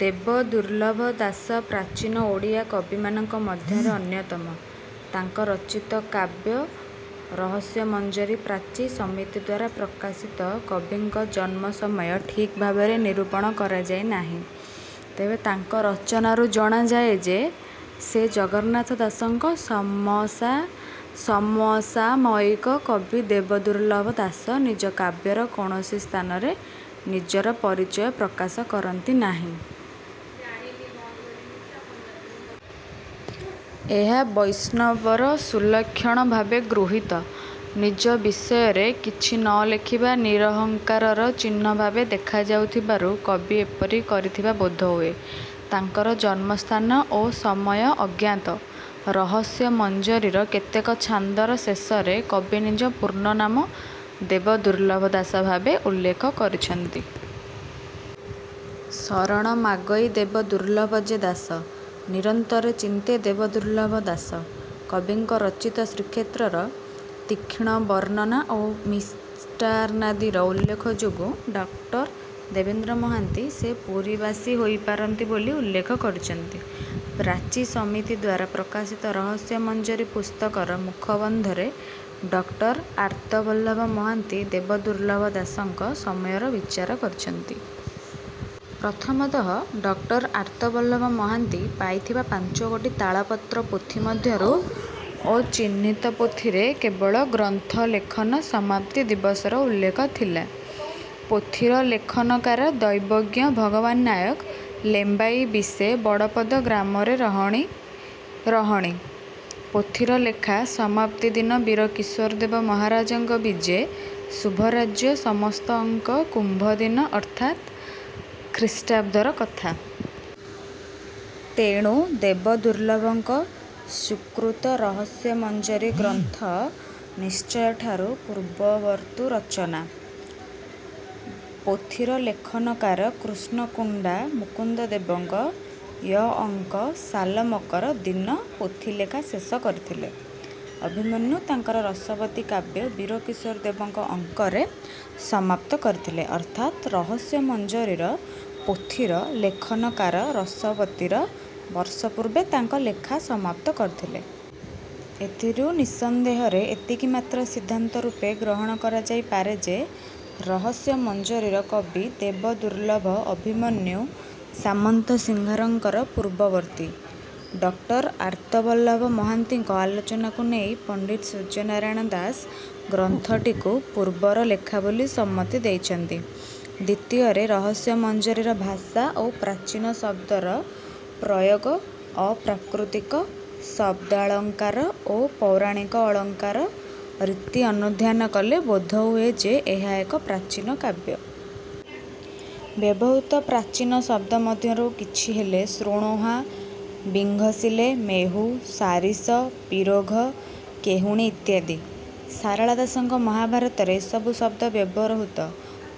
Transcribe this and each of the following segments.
ଦେବଦୁର୍ଲ୍ଲଭ ଦାସ ପ୍ରାଚୀନ ଓଡ଼ିଆ କବିମାନଙ୍କ ମଧ୍ୟରେ ଅନ୍ୟତମ ତାଙ୍କ ରଚିତ କାବ୍ୟ ରହସ୍ୟମଞ୍ଜରୀ ପ୍ରାଚୀ ସମିତିଦ୍ୱାରା ପ୍ରକାଶିତ କବିଙ୍କ ଜନ୍ମ ସମୟ ଠିକ୍ ଭାବରେ ନିରୂପଣ କରଯାଇ ନାହିଁ ତେବେ ତାଙ୍କ ରଚନାରୁ ଜଣାଯାଏ ଯେ ସେ ଜଗନ୍ନାଥ ଦାସ ଙ୍କ ସମସାମୟିକ କବି ଦେବଦୁର୍ଲ୍ଲଭ ଦାସ ନିଜ କାବ୍ୟର କୌଣସି ସ୍ଥାନରେ ନିଜର ପରିଚୟ ପ୍ରକାଶ କରିନାହାନ୍ତି। ଏହା ବୈଷ୍ଣବର ସୁଲକ୍ଷଣ ଭାବେ ଗୃହୀତ। ନିଜ ବିଷୟରେ କିଛି ନ ଲେଖିବା ନିରହଙ୍କାରର ଚିହ୍ନ ଭାବେ ଦେଖାଯାଉଥିବାରୁ କବି ଏପରି କରିଥିବା ବୋଧ ହୁଏ। ତାଙ୍କର ଜନ୍ମସ୍ଥାନ ଓ ସମୟ ଅଜ୍ଞାତ। ରହସ୍ୟମଞ୍ଜରୀର କେତେକ ଛାନ୍ଦର ଶେଷରେ କବି ନିଜ ପୂର୍ଣ୍ଣ ନାମ 'ଦେବଦୁର୍ଲ୍ଲଭ ଦାସ' ଭାବେ ଉଲ୍ଲେଖ କରିଛନ୍ତି। ଶରଣ ମାଗଇ ଦେବ ଦୁର୍ଲ୍ଲଭ ଯେ ଦାସ। ନିରନ୍ତରେ ଚିନ୍ତେ ଦେବଦୁର୍ଲ୍ଲଭ ଦାସ। କବିଙ୍କ ରଚିତ ଶ୍ରୀକ୍ଷେତ୍ରର ତୀକ୍ଷ୍ଣ ବର୍ଣ୍ଣନା ଓ ମିଷ୍ଟାନ୍ନାଦିର ଉଲ୍ଲେଖ ଯୋଗୁଁ ଡକ୍ଟର ଦେବେନ୍ଦ୍ର ମହାନ୍ତି ସେ ପୁରୀବାସୀ ହୋଇପାରନ୍ତି ବୋଲି ଉଲ୍ଲେଖ କରିଛନ୍ତି। ପ୍ରାଚୀ ସମିତିଦ୍ୱାରା ପ୍ରକାଶିତ ରହସ୍ୟମଞ୍ଜରୀ ପୁସ୍ତକର ମୁଖବନ୍ଧରେ ଡକ୍ଟର ଆର୍ତ୍ତବଲ୍ଲଭ ମହାନ୍ତି ଦେବଦୁର୍ଲ୍ଲଭ ଦାସଙ୍କ ସମୟର ବିଚାର କରିଛନ୍ତି। ପ୍ରଥମତଃ ଡକ୍ଟର ଆର୍ତ୍ତବଲ୍ଲଭ ମହାନ୍ତି ପାଇଥିବା ପାଞ୍ଚଗୋଟି ତାଳପତ୍ର ପୋଥି ମଧ୍ୟରୁ ଓ ଚିହ୍ନିତ ପୋଥିରେ କେବଳ ଗ୍ରନ୍ଥ ଲେଖନ ସମାପ୍ତି ଦିବସର ଉଲ୍ଲେଖ ଥିଲା। ପୋଥିର ''ଲେଖନକାର ଦୈବଜ୍ଞ ଭଗବାନ ନାୟକ, ଲେମ୍ବାଇ ବିଶେ ବଡ଼ପଦ ଗ୍ରାମରେ ରହଣି''- ପୋଥିର ଲେଖା ସମାପ୍ତିଦିନ ବୀର କିଶୋର ଦେବ ମହାରାଜାଙ୍କ ବିଜେ ଶୁଭରାଜ୍ୟେ ସମସ୍ତ ଅଙ୍କ କୁମ୍ଭ ଦିନ ଅର୍ଥାତ୍ ଖ୍ରୀଷ୍ଟାବ୍ଦର କଥା। ତେଣୁ ଦେବଦୁର୍ଲ୍ଲଭଙ୍କ ସ୍ୱକୃତ ରହସ୍ୟମଞ୍ଜରୀ ଗ୍ରନ୍ଥ ନିଶ୍ଚୟ ଠାରୁ ପୂର୍ବବର୍ତ୍ତୂ ରଚନା। ପୋଥିର ଲେଖନକାର କୃଷ୍ଣ କୁଣ୍ଡା ମୁକୁନ୍ଦଦେବଙ୍କ ୟ ଅଙ୍କ ସାଲ ମକର ଦିନ ପୋଥିଲେଖା ଶେଷ କରିଥିଲେ। ଅଭିମନ୍ୟୁ ତାଙ୍କର ରସବତୀ କାବ୍ୟ ବୀର କିଶୋର ଦେବଙ୍କ ଅଙ୍କରେ ସମାପ୍ତ କରିଥିଲେ। ଅର୍ଥାତ୍ ରହସ୍ୟମଞ୍ଜରୀର ପୋଥିର ଲେଖନକାର ରସବତୀର ବର୍ଷ ପୂର୍ବେ ତାଙ୍କ ଲେଖା ସମାପ୍ତ କରିଥିଲେ। ଏଥିରୁ ନିଃସନ୍ଦେହରେ ଏତିକି ମାତ୍ର ସିଦ୍ଧାନ୍ତ ରୂପେ ଗ୍ରହଣ କରାଯାଇପାରେ ଯେ ରହସ୍ୟମଞ୍ଜରୀର କବି ଦେବଦୁର୍ଲ୍ଲଭ ଅଭିମନ୍ୟୁ ସାମନ୍ତସିଂହାର ଙ୍କ ପୂର୍ବବର୍ତ୍ତୀ। ଡକ୍ଟର ଆର୍ତ୍ତବଲ୍ଲଭ ମହାନ୍ତିଙ୍କ ଆଲୋଚନାକୁ ନେଇ ପଣ୍ଡିତ ସୂର୍ଯ୍ୟନାରାୟଣ ଦାଶ ଗ୍ରନ୍ଥଟିକୁ ପୂର୍ବର ଲେଖା ବୋଲି ସମ୍ମତି ଦେଇଛନ୍ତି। ଦ୍ୱିତୀୟରେ ରହସ୍ୟମଞ୍ଜରୀର ଭାଷା ଓ ପ୍ରାଚୀନ ଶବ୍ଦର ପ୍ରୟୋଗ, ଅପ୍ରାକୃତିକ ଶବ୍ଦାଳଙ୍କାର ଓ ପୌରାଣିକ ଅଳଙ୍କାର ରୀତି ଅନୁଧ୍ୟାନ କଲେ ବୋଧ ହୁଏ ଯେ ଏହା ଏକ ପ୍ରାଚୀନ କାବ୍ୟ। ବ୍ୟବହୃତ ପ୍ରାଚୀନ ଶବ୍ଦ ମଧ୍ୟରୁ କିଛି ହେଲେ 'ଶ୍ରୋଣାହା', 'ବିଘଂସିଲେ', 'ମେହୁ', 'ସାରିଷ', 'ପିରୋଘ', 'କେହୁଣି' ଇତ୍ୟାଦି। ସାରଳା ଦାସ ଙ୍କ ମହାଭାରତରେ ଏସବୁ ଶବ୍ଦ ବ୍ୟବହୃତ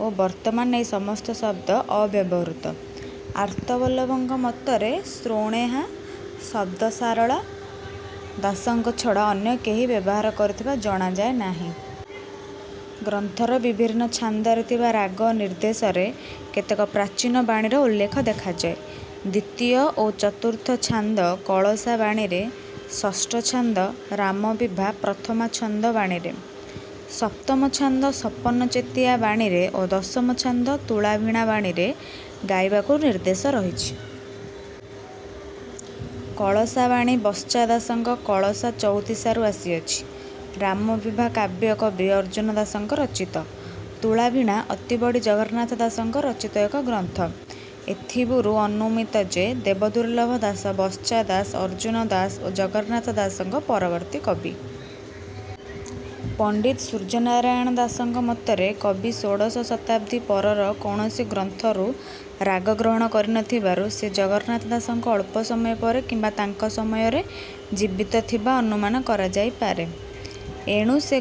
ଓ ବର୍ତ୍ତମାନ ଏହି ସମସ୍ତ ଶବ୍ଦ ଅବ୍ୟବହୃତ। ଆର୍ତ୍ତବଲ୍ଲଭଙ୍କ ମତରେ 'ଶ୍ରୋଣେହା' ଶବ୍ଦ ସାରଳା ଦାସଙ୍କ ଛଡ଼ା ଅନ୍ୟ କେହି ବ୍ୟବହାର କରିଥିବା ଜଣାଯାଏ ନାହିଁ। ଗ୍ରନ୍ଥର ବିଭିନ୍ନ ଛାନ୍ଦରେ ଥିବା ରାଗନିର୍ଦ୍ଦେଶରେ କେତେକ ପ୍ରାଚୀନ 'ବାଣୀ'ର ଉଲ୍ଲେଖ ଦେଖାଯାଏ। ଦ୍ୱିତୀୟ ଓ ଚତୁର୍ଥ ଛାନ୍ଦ କଳସା ବାଣୀରେ, ଷଷ୍ଠ ଛାନ୍ଦ 'ରାମବିଭା ପ୍ରଥମଛାନ୍ଦ ବାଣୀରେ', ସପ୍ତମ ଛାନ୍ଦ ସପନଚେତିଆ ବାଣୀରେ ଓ ଦଶମ ଛାନ୍ଦ ତୁଳାଭିଣା ବାଣୀରେ ଗାଇବାକୁ ନିର୍ଦ୍ଦେଶ ରହିଛି। କଳସା ବାଣୀ ବତ୍ସା ଦାସଙ୍କ କଳସା ଚଉତିଶା ରୁ ଆସିଅଛି। ରାମବିଭା କାବ୍ୟ କବି ଅର୍ଜ୍ଜୁନ ଦାସ ଙ୍କ ରଚିତ। ତୁଳାଭିଣା ଅତିବଡ଼ି ଜଗନ୍ନାଥ ଦାସ ଙ୍କ ରଚିତ ଏକ ଗ୍ରନ୍ଥ। ଏସବୁରୁ ଅନୁମିତ ଯେ ଦେବଦୁର୍ଲ୍ଲଭ ଦାସ ବତ୍ସା ଦାସ, ଅର୍ଜ୍ଜୁନ ଦାସ ଓ ଜଗନ୍ନାଥ ଦାସଙ୍କ ପରବର୍ତ୍ତୀ କବି। ପଣ୍ଡିତ ସୂର୍ଯ୍ୟନାରାୟଣ ଦାଶଙ୍କ ମତରେ କବି ଷୋଡ଼ଶ ଶତାବ୍ଦୀ ପରର କୌଣସି ଗ୍ରନ୍ଥରୁ ରାଗ ଗ୍ରହଣ କରିନଥିବାରୁ ସେ ଜଗନ୍ନାଥ ଦାସଙ୍କ ଅଳ୍ପ ସମୟ ପରେ କିମ୍ବା ତାଙ୍କ ସମୟରେ ଜୀବିତ ଥିବା ଅନୁମାନ କରାଯାଇପାରେ। ଏଣୁ ସେ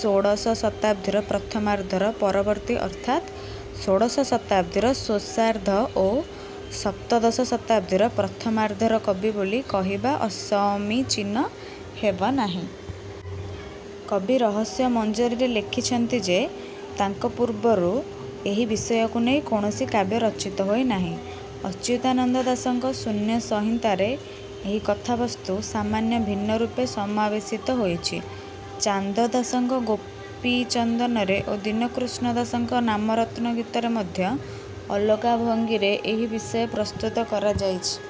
ଷୋଡ଼ଶ ଶତାବ୍ଦୀର ପ୍ରଥମାର୍ଦ୍ଧର ପରବର୍ତ୍ତୀ ଅର୍ଥାତ୍ ଷୋଡ଼ଶ ଶତାବ୍ଦୀର ଶେଷାର୍ଦ୍ଧ ଓ ସପ୍ତଦଶ ଶତାବ୍ଦୀର ପ୍ରଥମାର୍ଦ୍ଧର କବି ବୋଲି କହିବା ଅସମୀଚୀନ ହେବ ନାହିଁ। କବି ରହସ୍ୟମଞ୍ଜରୀରେ ଲେଖିଅଛନ୍ତି ଯେ ତାଙ୍କ ପୂର୍ବରୁ ଏହି ବିଷୟକୁ ନେଇ କୌଣସି କାବ୍ୟ ରଚିତ ହୋଇନାହିଁ। ଅଚ୍ୟୁତାନନ୍ଦ ଦାସ ଙ୍କ ଶୂନ୍ୟସଂହିତାରେ ଏହି କଥାବସ୍ତୁ ସାମାନ୍ୟ ଭିନ୍ନରୂପେ ସମାବେଶିତ ହୋଇଛି। ଚାନ୍ଦ ଦାସଙ୍କ ଗୋପୀଚନ୍ଦନରେ ଓ ଦୀନକୃଷ୍ଣ ଦାସ ଙ୍କ ନାମରତ୍ନ ଗୀତାରେ ମଧ୍ୟ ଅଲଗା ଭଙ୍ଗୀରେ ଏହି ବିଷୟ ପ୍ରସ୍ତୁତ କରାଯାଇଛି।।